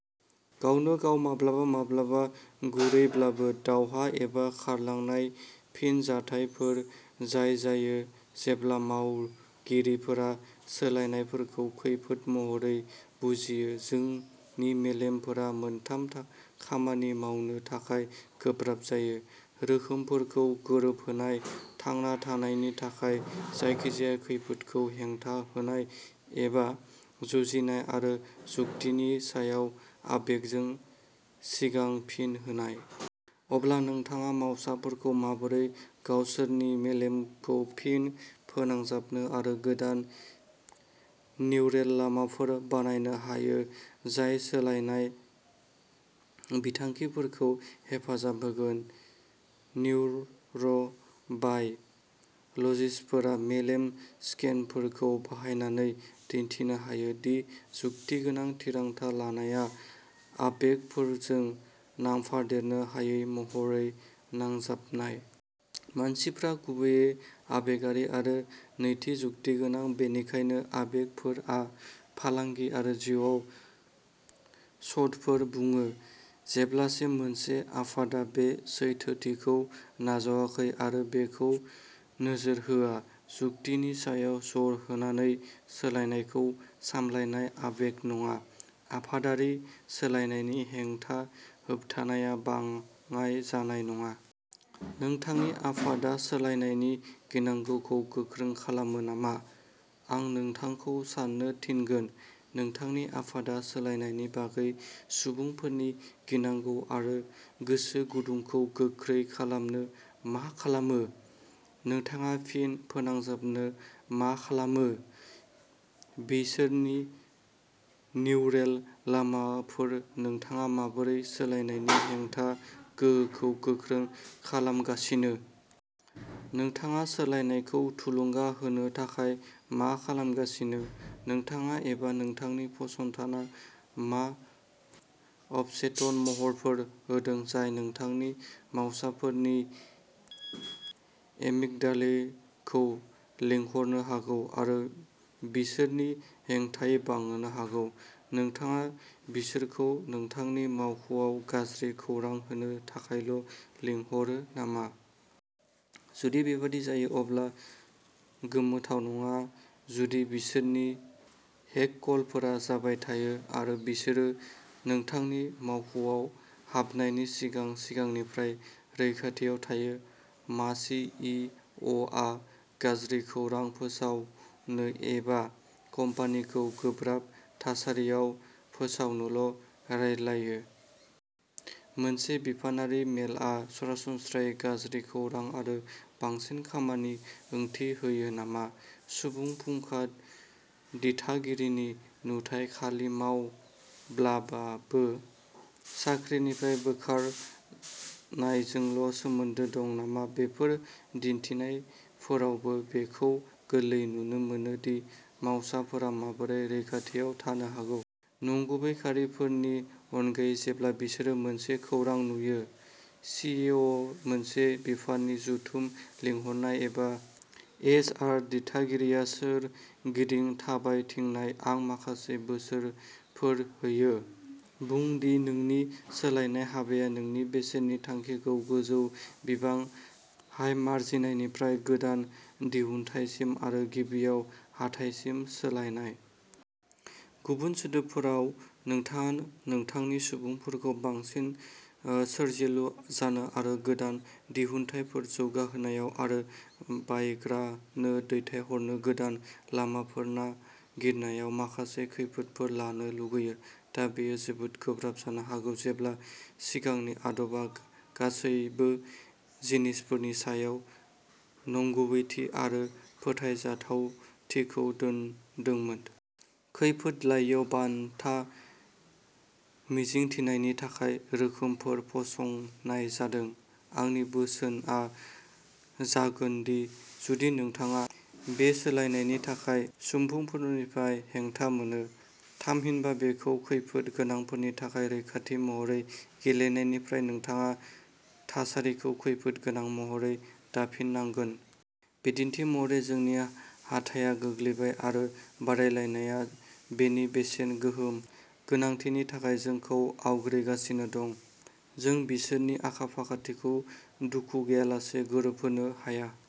गावनो गाव माब्लाबा माब्लाबा गुरैब्लाबो दावहा एबा खारलांनाय फिनजाथायफोर जाय जायो जेब्ला मावगिरिफोरा सोलायनायफोरखौ खैफोद महरै बुजियो। जोंनि मेलेमफोरा मोनथाम खामानि मावनो थाखाय गोब्राब जायो। रोखोमफोरखौ गोरोबहोनाय थांना थानायनि थाखाय जायखिजाया खैफोदखौ हेंथा होनाय एबा जुजिनाय आरो जुक्तिनि सायाव आबेगजों सिगां फिन होनाय। अब्ला नोंथाङा मावसाफोरखौ माबोरै गावसोरनि मेलेमखौ फिन फोनांजाबनो आरो गोदान निउरेल लामाफोर बानायनो हायो। जाय सोलायनाय बिथांखिफोरखौ हेफाजाब होगोन? निउर' बाय' लजिस्टफोरा मेलेम स्केनफोरखौ बाहायनानै दिन्थिनो हायो। दि जुक्तिगोनां थिरांथा लानायआ आबेगफोरजों नांफादेरनो हायै महरै नांजाबनाय। मानसिफ्रा गुबैयै आबेगारि आरो नैथि जुक्ति गोनां बेनिखायनो आबेगफोरा फालांगि आरो जिउआव शटफोर बुङो। जेब्लासिम मोनसे आफादआ बे सैथोथिखौ नाजावाखै आरो बेखौ नोजोर होआ जुक्तिनि सायाव जर होनानै सोलायनायखौ सामलायनाय आबेग नङा। आफादारि सोलायनायनि हेंथा होबथानाया बाङाइ जानाय नङा। नोंथांनि आफादआ सोलायनायनि गिनांगौखौ गोख्रों खालामो नामा? आं नोंथांखौ साननो थिनगोन। नोंथांनि आफादआ सोलायनायनि बागै सुबुंफोरनि गिनांगौ आरो गोसो गुदुंखौ गोख्रै खालामनो मा खालामो? नोंथाङा फिन फोनांजाबनो मा खालामो? बिसोरनि निउरेल लामाफोर नोंथाङा माबोरै सोलायनायनि हेंथा गोहोखौ गोख्रों खालामगासिनो? नोंथाङा सोलायनायखौ थुलुंगा होनो थाखाय मा खालामगासिनो? नोंथाङा एबा नोंथांनि फसंथाना मा अबचेतन महरफोर होदों जाय नोंथांनि मावसाफोरनि एमिगडालेखौ लिंहरनो हागौ आरो बिसोरनि हेंथायै बांहोनो हागौ? नोंथाङा बिसोरखौ नोंथांनि मावख'आव गाज्रि खौरां होनो थाखायल' लिंहरो नामा? जुदि बेबादि जायो अब्ला गोमोथाव नङा जुदि बिसोरनि हेकलफोरा जाबाय थायो आरो बिसोरो नोंथांनि मावख'आव हाबनायनि सिगां सिगांनिफ्रायनो रैखाथियाव थायो। मा सि इ अ आ गाज्रि खौरां फोसावनो एबा कम्पानिखौ गोब्राब थासारियाव फोसावनोल' रायज्लायो? मोनसे बिफानारि मेलआ सरासनस्रायै गाज्रि खौरां आरो बांसिन खामानि ओंथि होयो नामा? सुबुं फुंखा दिथागिरिनि नुथाया खालि मावब्लाबाबो साख्रिनिफ्राय बोखारनायजोंल' सोमोन्दो दं नामा? बेफोर बिदिन्थिफोरावबो बेखौ गोरलैयै नुनो मोनो दि मावसाफोरा माबोरै रैखाथियाव थानो हागौ। नंगुबै खारिफोरनि अनगायै जेब्ला बिसोरो मोनसे खौरां नुयो। सि इ अ मोनसे बिफाननि जथुम लिंहरनाय एबा एइच आर दिथागिरिया सोरगिदिं थाबायथिंनाय। आं माखासे बोसोरफोर होयो। बुं दि नोंनि सोलायनाय हाबाया नोंनि बेसेननि थांखिखौ गोजौ बिबां हाय मारजिननिफ्राय गोदान दिहुनथायसिम आरो गिबियाव हाथाइसिम सोलायनाय। गुबुन सोदोबफोराव नोंथाङा नोंथांनि सुबुंफोरखौ बांसिन सोरजिलु जानो आरो गोदान दिहुनथायफोर जौगाहोनायाव आरो बायग्रानो दैथायहरनो गोदान लामाफोर नागिरनायाव माखासे खैफोदफोर लानो लुगैयो। दा बेयो जोबोद गोब्राब जानो हागौ जेब्ला सिगांनि आदबा गासैबो जिनिसफोरनि सायाव नंगुबैथि आरो फोथायजाथावथिखौ दोन्दोंमोन। खैफोद लायैयाव बान्था मिजिंथिनायनि थाखाय रोखोमफोर फसंनाय जादों। आंनि बोसोनआ जागोनदि जुदि नोंथाङा बे सोलायनायनि थाखाय सुबुंफोरनिफ्राय हेंथा मोनो। थामहिनबा बेखौ खैफोद गोनांफोरनि थाखाय रैखाथि महरै गेलेनायनिफ्राय नोंथाङा थासारिखौ खैफोद गोनां महरै दाफिननांगोन। बिदिन्थि महरै जोंनि हाथाया गोग्लैबाय आरो बादायलायनाया बेनि बेसेन गोहोम गोनांथिनि थाखाय जोंखौ आवग्रिगासिनो दं। जों बिसोरनि आखा-फाखाथिखौ दुखु गैयालासे गोरोबहोनो हाया।